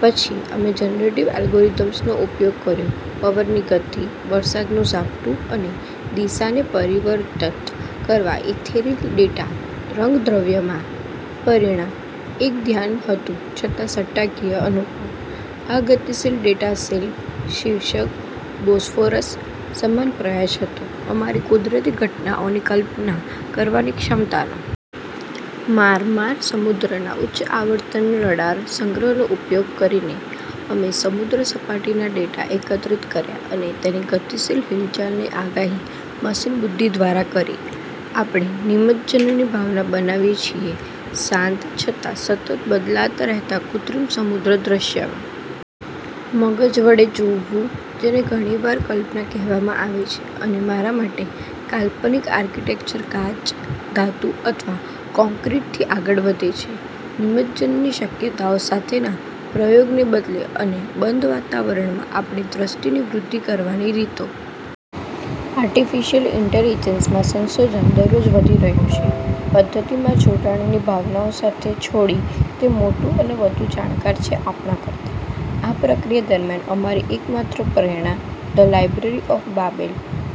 પછી અમે જનરેટિવ એલ્ગોરિધમ્સનો ઉપયોગ કર્યો પવનની ગતિ, વરસાદનું ઝાપટું અને દિશા ને પરિવર્તત કરવા ઇથેરીલ ડેટા રંગદ્રવ્યમાં. પરિણામ એક ધ્યાન હતું છતાં સટ્ટાકીય અનુ. આ ગતિશીલ ડેટા શિલ્પ, શિર્ષક "બોસ્ફોરસ," સમાન પ્રયાસ હતો અમારી કુદરતી ઘટનાઓની કલ્પના કરવાની ક્ષમતા નો. મારમાર સમુદ્રના ઉચ્ચ-આવર્તન રડાર સંગ્રહનો ઉપયોગ કરીને અમે સમુદ્ર સપાટીના ડેટા એકત્રિત કર્યા અને તેની ગતિશીલ હિલચાલની આગાહી મશીન બુદ્ધિ દ્વારા કરી. આપણે નિમજ્જનની ભાવના બનાવીએ છીએ શાંત છતાં સતત બદલાતા રહેતા કૃત્રિમ સમુદ્ર દૃશ્યમાં. મગજ વડે જોવું જેને ઘણીવાર કલ્પના કહેવામાં આવે છે, અને મારા માટે, કાલ્પનિક આર્કિટેક્ચર કાચ, ધાતુ અથવા કોંક્રિટથી આગળ વધે છે, નિમજ્જનની શક્યતાઓ સાથેના પ્રયોગ ને બદલે અને બંધ વાતાવારણમાં આપણી દ્રષ્ટિની વૃદ્ધિ કરવાની રીતો. આર્ટિફિશિયલ ઇન્ટેલિજન્સમાં સંશોધન દરરોજ વધી રહ્યું છે, પદ્ધતિમાં જોડાણ ની ભાવનાઓ સાથે છોડી તે મોટું અને વધુ જાણકાર છે આપણા કરતા. આ પ્રક્રિયા દરમિયાન અમારી એકમાત્ર પ્રેરણા "ધ લાઇબ્રેરી ઓફ બાબેલ"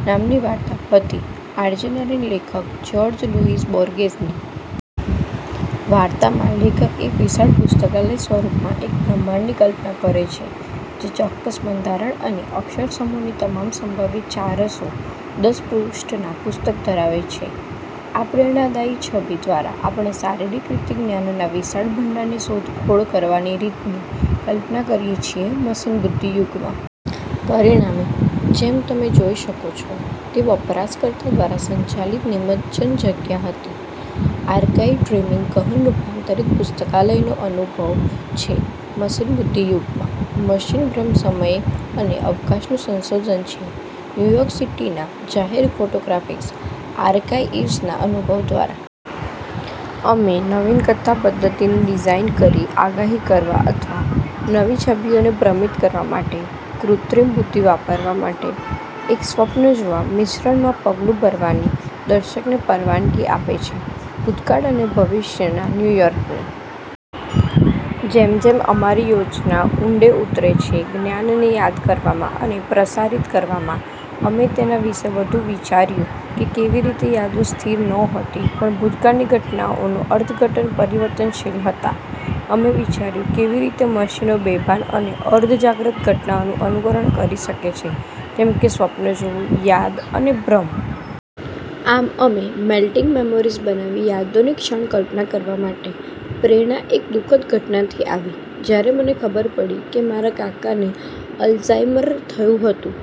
નામની વાર્તા હતી આર્જેનરીન લેખક જ્યોર્જ લુઈસ બોર્ગેઝ ની. વાર્તામાં લેખક એક વિશાળ પુસ્તકાલય સ્વરૂપમાં એક બ્રહ્માંડની કલ્પના કરે છે જે ચોક્કસ બંધારણ અને અક્ષર સમૂહની તમામ સંભવિત ચારસો દસ પૃષ્ઠના પુસ્તક ધરાવે છે. આ પ્રેરણાદાયી છબી દ્વારા, આપણે શારીરિક રીતે જ્ઞાનના વિશાળ ભંડારની શોધખોળ કરવાની રીતની કલ્પના કરીએ છીએ, મશીન બુદ્ધિ યુગમાં. પરિણામે, જેમ તમે જોઈ શકો છો, તે વપરાશકર્તા દ્વારા સંચાલિત નિમજ્જન જગ્યા હતી. "આર્કાઇવ ડ્રીમીંગ" ગહન રૂપાંતરિત પુસ્તકાલયનો અનુભવ છે મશીન બુદ્ધિ યુગમાં. "મશીન ભ્રમ" સમય અને અવકાશનું સંશોધન છે ન્યૂ યોર્ક સિટીના જાહેર ફોટોગ્રાફિક આર્કાઇવ્સના અનુભવ દ્વારા. અમે નવીન કથા પદ્ધતિને ડિઝાઇન કરી આગાહી કરવા અથવા નવી છબીઓને ભ્રમિત કરવા માટે કૃત્રિમ બુદ્ધિ વાપરવા માટે, એક સ્વપ્ન જેવા મિશ્રણ માં પગલું ભરવાની દર્શકને પરવાનગી આપે છે ભૂતકાળ અને ભવિષ્યના ન્યૂયોર્ક ની. જેમ જેમ અમારી યોજના ઊંડે ઉતરે છે જ્ઞાનને યાદ કરવામાં અને પ્રસારિત કરવામાં, અમે તેના વિશે વધુ વિચાર્યું કે કેવીરીતે યાદો સ્થિર નહોતી પણ ભૂતકાળની ઘટનાઓનો અર્થઘટન પરિવર્તનશીલ હતા. અમે વિચાર્યું કેવી રીતે મશીનો બેભાન અને અર્ધજાગ્રત ઘટનાઓનું અનુકરણ કરી શકે છે, જેમ કે સ્વપ્ન જોવું, યાદ અને ભ્રમ. આમ, અમે "મેલ્ટીંગ મેમોરીઝ" બનાવી યાદોની ક્ષણ કલ્પના કરવા માટે. પ્રેરણા એક દુ: ખદ ઘટનાથી આવી, જ્યારે મને ખબર પડી કે મારા કાકાને અલ્ઝાઇમર થયું હતું.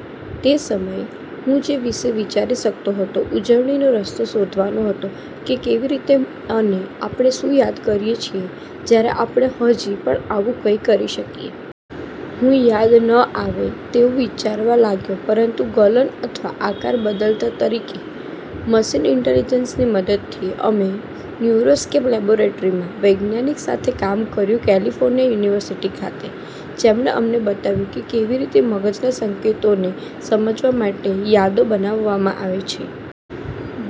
તે સમયે, હું જે વિશે વિચારી શકતો હતો ઉજવણીનો રસ્તો શોધવાનો હતો કે કેવી રીતે અને આપણે શું યાદ કરીએ છીએ જ્યારે આપણે હજી પણ આવું કંઈ કરી શકીએ. હું યાદ ન આવે તેવું વિચારવા લાગ્યો પરંતુ ગલન અથવા આકાર બદલતા તરીકે. મશીન ઇન્ટેલિજન્સની મદદથી, અમે ન્યુરોસ્કેપ લેબોરેટરીમાં વૈજ્ઞાનીક સાથે કામ કર્યું કેલિફોર્નિયા યુનિવર્સિટી ખાતે, જેમને અમને બતાવ્યું કે કેવી રીતે મગજના સંકેતોને સમજવા માટે યાદો બનાવવામાં આવે છે.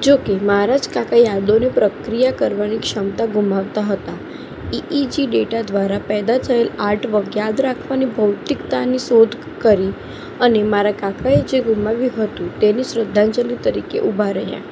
જોકે મારા જ કાકા યાદોને પ્રક્રિયા કરવાની ક્ષમતા ગુમાવતા હતા, ઇઇજી ડેટા દ્વારા પેદા થયેલ આર્ટવર્ક યાદ રાખવાની ભૌતિકતાની શોધ કરી અને મારા કાકાએ જે ગુમાવ્યું હતું તેની શ્રદ્ધાંજલિ તરીકે ઉભા રહ્યા.